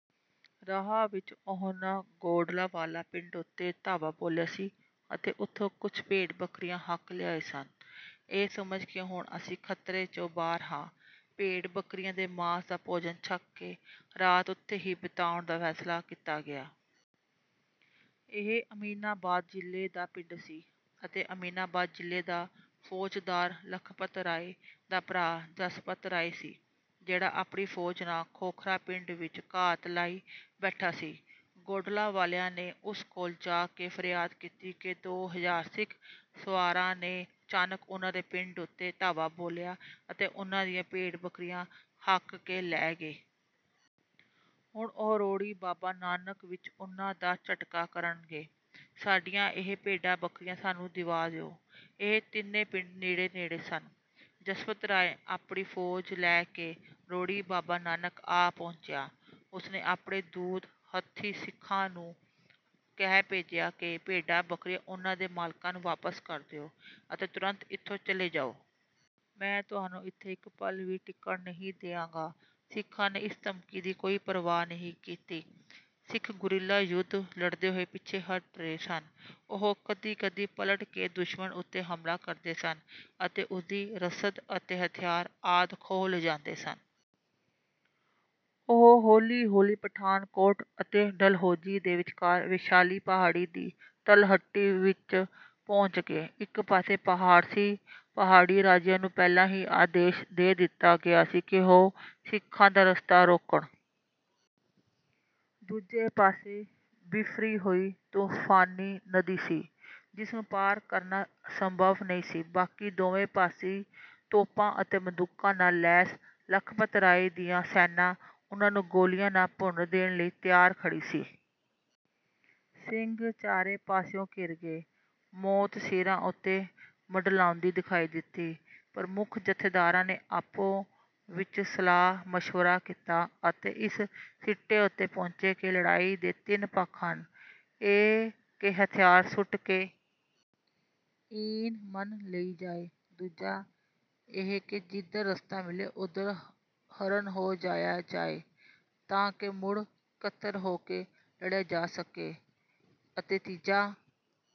ਰਾਹ ਵਿੱਚ ਉਹਨਾਂ ਗੋਂਡਲਾ ਵਾਲਾ ਪਿੰਡ ਉੱਤੇ ਧਾਵਾ ਬੋਲਿਆ ਸੀ ਅਤੇ ਉੱਥੋਂ ਕੁਝ ਭੇਡ-ਬੱਕਰੀਆਂ ਹੱਕ ਲਿਆਏ ਸਨ। ਇਹ ਸਮਝ ਕੇ ਕਿ ਹੁਣ ਅਸੀਂ ਖ਼ਤਰੇ 'ਚੋਂ ਬਾਹਰ ਹਾਂ ਭੇਡ-ਬੱਕਰੀਆਂ ਦੇ ਮਾਸ ਦਾ ਭੋਜਨ ਛਕ ਕੇ ਰਾਤ ਉੱਥੇ ਹੀ ਬਿਤਾਉਣ ਦਾ ਫੈਸਲਾ ਕੀਤਾ ਗਿਆ। ਇਹ ਅਮੀਨਾਬਾਦ ਜ਼ਿਲੇ ਦਾ ਪਿੰਡ ਸੀ ਅਤੇ ਅਮੀਨਾਬਾਦ ਜ਼ਿਲੇ ਦਾ ਫੌਜਦਾਰ ਲਖਪਤ ਰਾਏ ਦਾ ਭਰਾ ਜਸਪਤ ਰਾਏ ਸੀ ਜਿਹੜਾ ਆਪਣੀ ਫੌਜ ਨਾਲ ਖੋਖਰਾਂ ਪਿੰਡ ਵਿੱਚ ਘਾਤ ਲਾਈ ਬੈਠਾ ਸੀ। ਗੋਂਡਲਾ ਵਾਲਿਆਂ ਨੇ ਉਸ ਕੋਲ ਜਾ ਕੇ ਫਰਿਆਦ ਕੀਤੀ ਕਿ ਦੋ ਹਜ਼ਾਰ ਸਿੱਖ ਸਵਾਰਾਂ ਨੇ ਅਚਾਨਕ ਉਹਨਾਂ ਦੇ ਪਿੰਡ ਉੱਤੇ ਧਾਵਾ ਬੋਲਿਆ ਅਤੇ ਉਹਨਾਂ ਦੀਆਂ ਭੇਡ-ਬੱਕਰੀਆਂ ਹੱਕ ਕੇ ਲੈ ਗਏ। ਹੁਣ ਉਹ ਰੋੜੀ ਬਾਬਾ ਨਾਨਕ ਵਿੱਚ ਉਹਨਾਂ ਦਾ ਝਟਕਾ ਕਰਨਗੇ। "ਸਾਡੀਆਂ ਇਹ ਭੇਡਾਂ-ਬੱਕਰੀਆਂ ਸਾਨੂੰ ਦਿਵਾ ਦਿਓ।" ਇਹ ਤਿੰਨੇ ਪਿੰਡ ਨੇੜੇ-ਨੇੜੇ ਸਨ। ਜਸਪਤ ਰਾਏ ਆਪਣੀ ਫੌਜ ਲੈ ਕੇ ਰੋੜੀ ਬਾਬਾ ਨਾਨਕ ਆ ਪਹੁੰਚਿਆ। ਉਸਨੇ ਆਪਣੇ ਦੂਤ ਹੱਥੀਂ ਸਿੱਖਾਂ ਨੂੰ ਕਹਿ ਭੇਜਿਆ ਕਿ ਭੇਡਾਂ-ਬੱਕਰੀਆਂ ਉਹਨਾਂ ਦੇ ਮਾਲਕਾਂ ਨੂੰ ਵਾਪਸ ਕਰ ਦਿਓ ਅਤੇ ਤੁਰੰਤ ਇੱਥੋਂ ਚਲੇ ਜਾਓ। "ਮੈਂ ਤੁਹਾਨੂੰ ਇੱਥੇ ਇਕ ਪਲ ਵੀ ਟਿਕਣ ਨਹੀਂ ਦਿਆਂਗਾ।" ਸਿੱਖਾਂ ਨੇ ਇਸ ਧਮਕੀ ਦੀ ਕੋਈ ਪ੍ਰਵਾਹ ਨਹੀਂ ਕੀਤੀ। ਸਿੱਖ ਗੁਰੀਲਾ ਯੁੱਧ ਲੜਦੇ ਹੋਏ ਪਿੱਛੇ ਹਟ ਰਹੇ ਸਨ। ਉਹ ਕਦੀ-ਕਦੀ ਪਲਟ ਕੇ ਦੁਸ਼ਮਣ ਉੱਤੇ ਹਮਲਾ ਕਰਦੇ ਸਨ ਅਤੇ ਉਸਦੀ ਰਸਦ ਅਤੇ ਹਥਿਆਰ ਆਦਿ ਖੋਹ ਲਿਜਾਂਦੇ ਸਨ। ਉਹ ਹੌਲੀ-ਹੌਲੀ ਪਠਾਨਕੋਟ ਅਤੇ ਡਲਹੌਜੀ ਦੇ ਵਿਚਕਾਰ ਵੈਸ਼ਾਲੀ ਪਹਾੜੀ ਦੀ ਤਲਹਟੀ ਵਿੱਚ ਪਹੁੰਚ ਗਏ। ਇੱਕ ਪਾਸੇ ਪਹਾੜ ਸੀ। ਪਹਾੜੀ ਰਾਜਿਆਂ ਨੂੰ ਪਹਿਲਾਂ ਹੀ ਆਦੇਸ਼ ਦੇ ਦਿੱਤਾ ਗਿਆ ਸੀ ਕਿ ਉਹ ਸਿੱਖਾਂ ਦਾ ਰਸਤਾ ਰੋਕਣ। ਦੂਜੇ ਪਾਸੇ ਬਿਫਰੀ ਹੋਈ ਤੂਫ਼ਾਨੀ ਨਦੀ ਸੀ ਜਿਸ ਨੂੰ ਪਾਰ ਕਰਨਾ ਸੰਭਵ ਨਹੀਂ ਸੀ। ਬਾਕੀ ਦੋਵੇਂ ਪਾਸੀਂ ਤੋਪਾਂ ਅਤੇ ਬੰਦੂਕਾਂ ਨਾਲ ਲੈਸ ਲਖਪਤ ਰਾਏ ਦੀ ਸੈਨਾਂ ਉਹਨਾਂ ਨੂੰ ਗੋਲੀਆਂ ਨਾਲ ਭੁੰਨ ਦੇਣ ਲਈ ਤਿਆਰ ਖੜ੍ਹੀ ਸੀ। ਸਿੰਘ ਚਾਰੇ ਪਾਸਿਓਂ ਘਿਰ ਗਏ। ਮੌਤ ਸਿਰਾਂ ਉੱਤੇ ਮੰਡਲਾਉਂਦੀ ਦਿਖਾਈ ਦਿੱਤੀ। ਪ੍ਰਮੁੱਖ ਜੱਥੇਦਾਰਾਂ ਨੇ ਆਪੋ-ਵਿੱਚ ਸਲਾਹ-ਮਸ਼ਵਰਾ ਕੀਤਾ ਅਤੇ ਇਸ ਸਿੱਟੇ ਉੱਤੇ ਪਹੁੰਚੇ ਕਿ ਲੜਾਈ ਦੇ ਤਿੰਨ ਪੱਖ ਹਨ। ਇਹ ਕਿ ਹਥਿਆਰ ਸੁੱਟ ਕੇ ਈਨ ਮੰਨ ਲਈ ਜਾਏ, ਦੂਜਾ ਇਹ ਕਿ ਜਿੱਧਰ ਰਸਤਾ ਮਿਲੇ ਉਧਰ ਹਰਨ ਹੋ ਜਾਇਆ ਜਾਏ ਤਾਂ ਕਿ ਮੁੜ ਇਕੱਤਰ ਹੋ ਕੇ ਲੜਿਆ ਜਾ ਸਕੇ ਅਤੇ ਤੀਜਾ